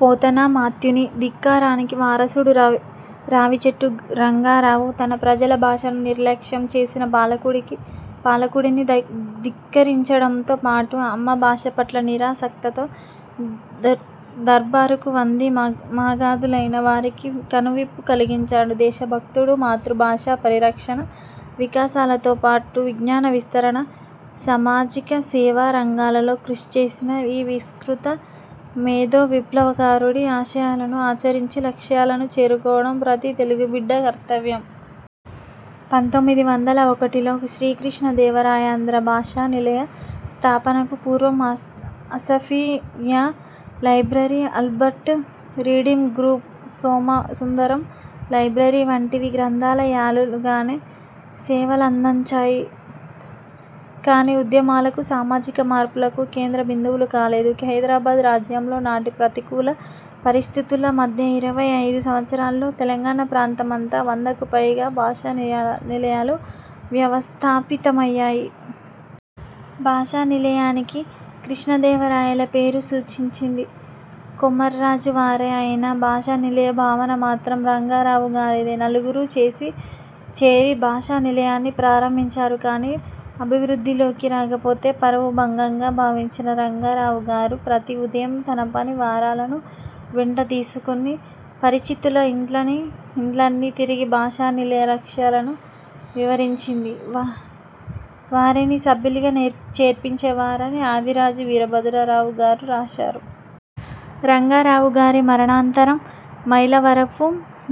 పోతనా మాత్యుని ధిక్కారానికి వారసుడు రావిచెట్టు రంగారావు. తన ప్రజల భాషను నిర్లక్ష్యం చేసిన పాలకుడిని ధిక్కరించడంతో పాటు అమ్మ భాష పట్ల నిరాసక్తతతో దర్బారుకు వంధి మాగధులైన వారికి కనువిప్పు కలిగించాడు. దేశ భక్తుడూ, మాతృభాషా పరి రక్షణ వికాసాలతో పాటు విజ్ఞాన విస్తరణ, సామాజిక సేవా రంగాలలో కృషి చేసిన ఈ విస్మృత మేధో విప్లవకారుడి ఆశయాలను ఆచరించి, లక్ష్యాలను చేరుకోవడం ప్రతీ తెలుగు బిడ్డ కర్తవ్యం. పంతొమ్మిది వందల ఒకటిలో శ్రీకృష్ణ దేవరాయాంధ్ర భాషా నిలయ స్థాపనకు పూర్వం Asafiya library, Albert reading room, Somasundaram library వంటివి గ్రంథాల యాలుగానే సేవలందంచాయి కానీ ఉద్యమాలకూ, సామాజిక మార్పులకూ కేంద్ర బిందువులు కాలేదు. హైదరాబాద్ రాజ్యంలో నాటి ప్రతికూల పరిస్థితుల మధ్య ఇరవై ఐదు సంవత్సరాల్లో తెలంగాణ ప్రాంతమంతా వందకుపైగా భాషా నిలయా లు వ్యవస్థాపితమయ్యాయి. భాషా నిలయానికి కృష్ణదేవరాయల పేరు సూచిం చింది కొమర్రాజువారే ఐనా, భాషా నిలయ భావన మాత్రం రంగారావు గారిదే. నలుగురూ చేరి భాషా నిలయాన్ని ప్రారంభించారు కానీ అభివృద్ధిలోకి రాకపోతే పరువు భంగంగా భావించిన రంగారావు గారు ప్రతి ఉదయం తన పని వారలను వెంట తీసుకుని పరిచితుల ఇండ్లన్నీ తిరిగి భాషా నిలయ లక్ష్యా లను వివరించి వారిని సభ్యులుగా చేర్పించే వారని ఆదిరాజు వీరభద్రరావు గారు రాశారు. రంగారావు గారి మరణానంతరం మైలవరపు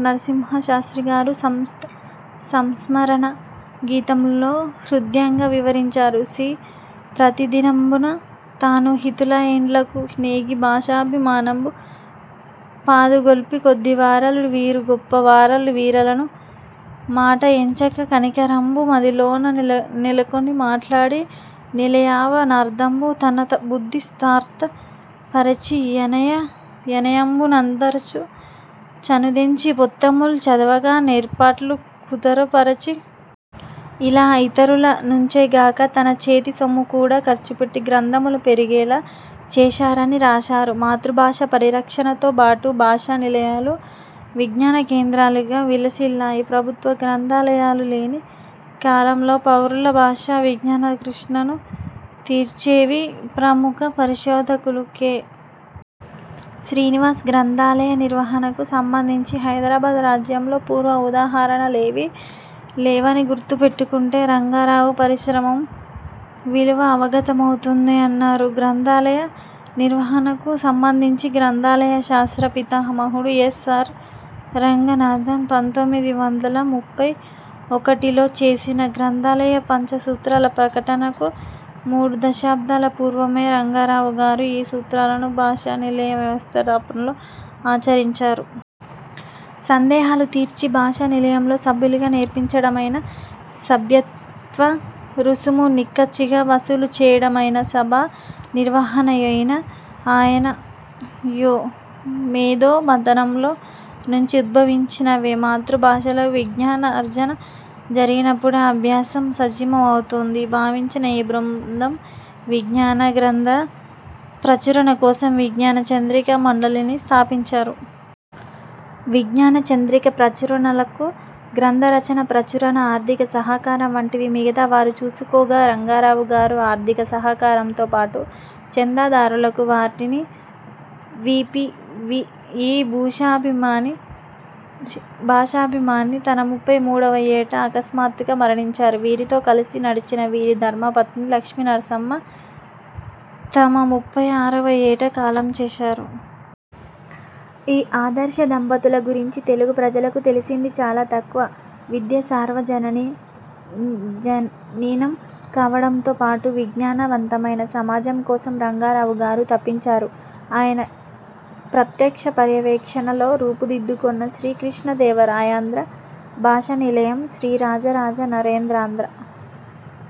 నర్సింహశాస్త్రి గారు సంస్థ సంస్మ రణ గీతంలో హృద్యంగా వివరించారు సీ. ప్రతిదినంబును తాను హితులయిండ్లకు నేగి భాషాభి మానంబు పాదుగొల్పి కొద్ది వారలు వీరు గొప్ప వారలు వీరలను మాట ఎంచక కనికరంబు మదిలోన నెల నెలకొని మాట్లాడి నిలయావనార్థంబు తనత బుద్ధి సార్థపరచి యనయ యనయంబునందఱు చనుదెంచి పొత్తముల్ చదువగా నేర్పాట్లు కుదురుపఱచి. ఇలా ఇతరుల నుంచే గాక తన చేతి సొమ్ముకూడా ఖర్చుపెట్టి గ్రంథములు పెరిగేలా చేశారని రాశారు. మాతృభాషా పరిరక్షణతో బాటు భాషా నిలయాలు విజ్ఞాన కేంద్రాలుగా విల సిల్లాయి. ప్రభుత్వ గ్రంథాలయాలు లేని కాలంలో పౌరుల భాషా, విజ్ఞాన తృష్ణను తీర్చేవి. ప్రముఖ పరిశోధకులు కె. శ్రీనివాస్ గ్రంథాలయ నిర్వహణకు సంబంధించి హైదరాబాద్ రాజ్యంలో పూర్వ ఉదాహరణ లేవీ లేవని గుర్తు పెట్టుకుంటే రంగారావు పరిశ్రమం విలువ అవగతమౌతుంది అన్నారు. గ్రంథాలయ నిర్వహణకు సంబంధించి గ్రంథాలయ శాస్త్ర పితామహుడు యస్. ఆర్. రంగనాథన్ పంతొమ్మిది వందల ముప్పై ఒకటిలో చేసిన గ్రంథాలయ పంచసూత్రాల ప్రకటనకు మూడు దశాబ్దాల పూర్వమే రంగారావు గారు ఈ సూత్రాలను భాషా నిలయ వ్యవస్థాపనలో ఆచరించారు. సందేహాలు తీర్చి భాషా నిలయంలో సభ్యులుగా చేర్పించడమైనా, సభ్యత్వ రుసుము నిక్కచ్చిగా వసూలు చేయడమైనా, సభా నిర్వహణయైునా ఆయన మేధో మధనంలో నుంచి ఉద్భవించినవే. మాతృ భాషలో విజ్ఞానార్జన జరిగినపుడే అభ్యాసం సజీవమౌతుందని భావించిన ఈ బృందం విజ్ఞాన గ్రంథాల ప్రచురణ కోసం విజ్ఞాన చంద్రికా మండలి ని స్థాపించారు. విజ్ఞాన చంద్రిక ప్రచురణలకు గ్రంథ రచన, ప్రచురణ, ఆర్థిక సహకారం వంటివి మిగతా వారు చూసుకోగా రంగారావు గారు ఆర్థిక సహకారంతో పాటు చందాదారులకు వాటిని వి. పి. ఈ భాషాభిమాని తన ముప్పై మూడువ యేట అకస్మాత్తుగా మరణించారు. వీరితో కలసి నడిచిన వీరి ధర్మపత్ని లక్ష్మీనరసమ్మ తమ ముప్పై ఆరువ యేట కాలం చేశారు. ఈ ఆదర్శ దంపతుల గురించి తెలుగు ప్రజలకు తెలిసింది చాలా తక్కువ. విద్య సార్వజనీనం కావడంతో పాటు విజ్ఞాన వంతమైన సమాజం కోసం రంగారావు గారు తపించారు. ఆయన ప్రత్యక్ష పర్యవేక్షణలో రూపు దిద్దుకొన్న శ్రీ కృష్ణదేవరాయాంధ్ర భాషా నిలయం, శ్రీరాజరాజ నరేంద్రాంధ్ర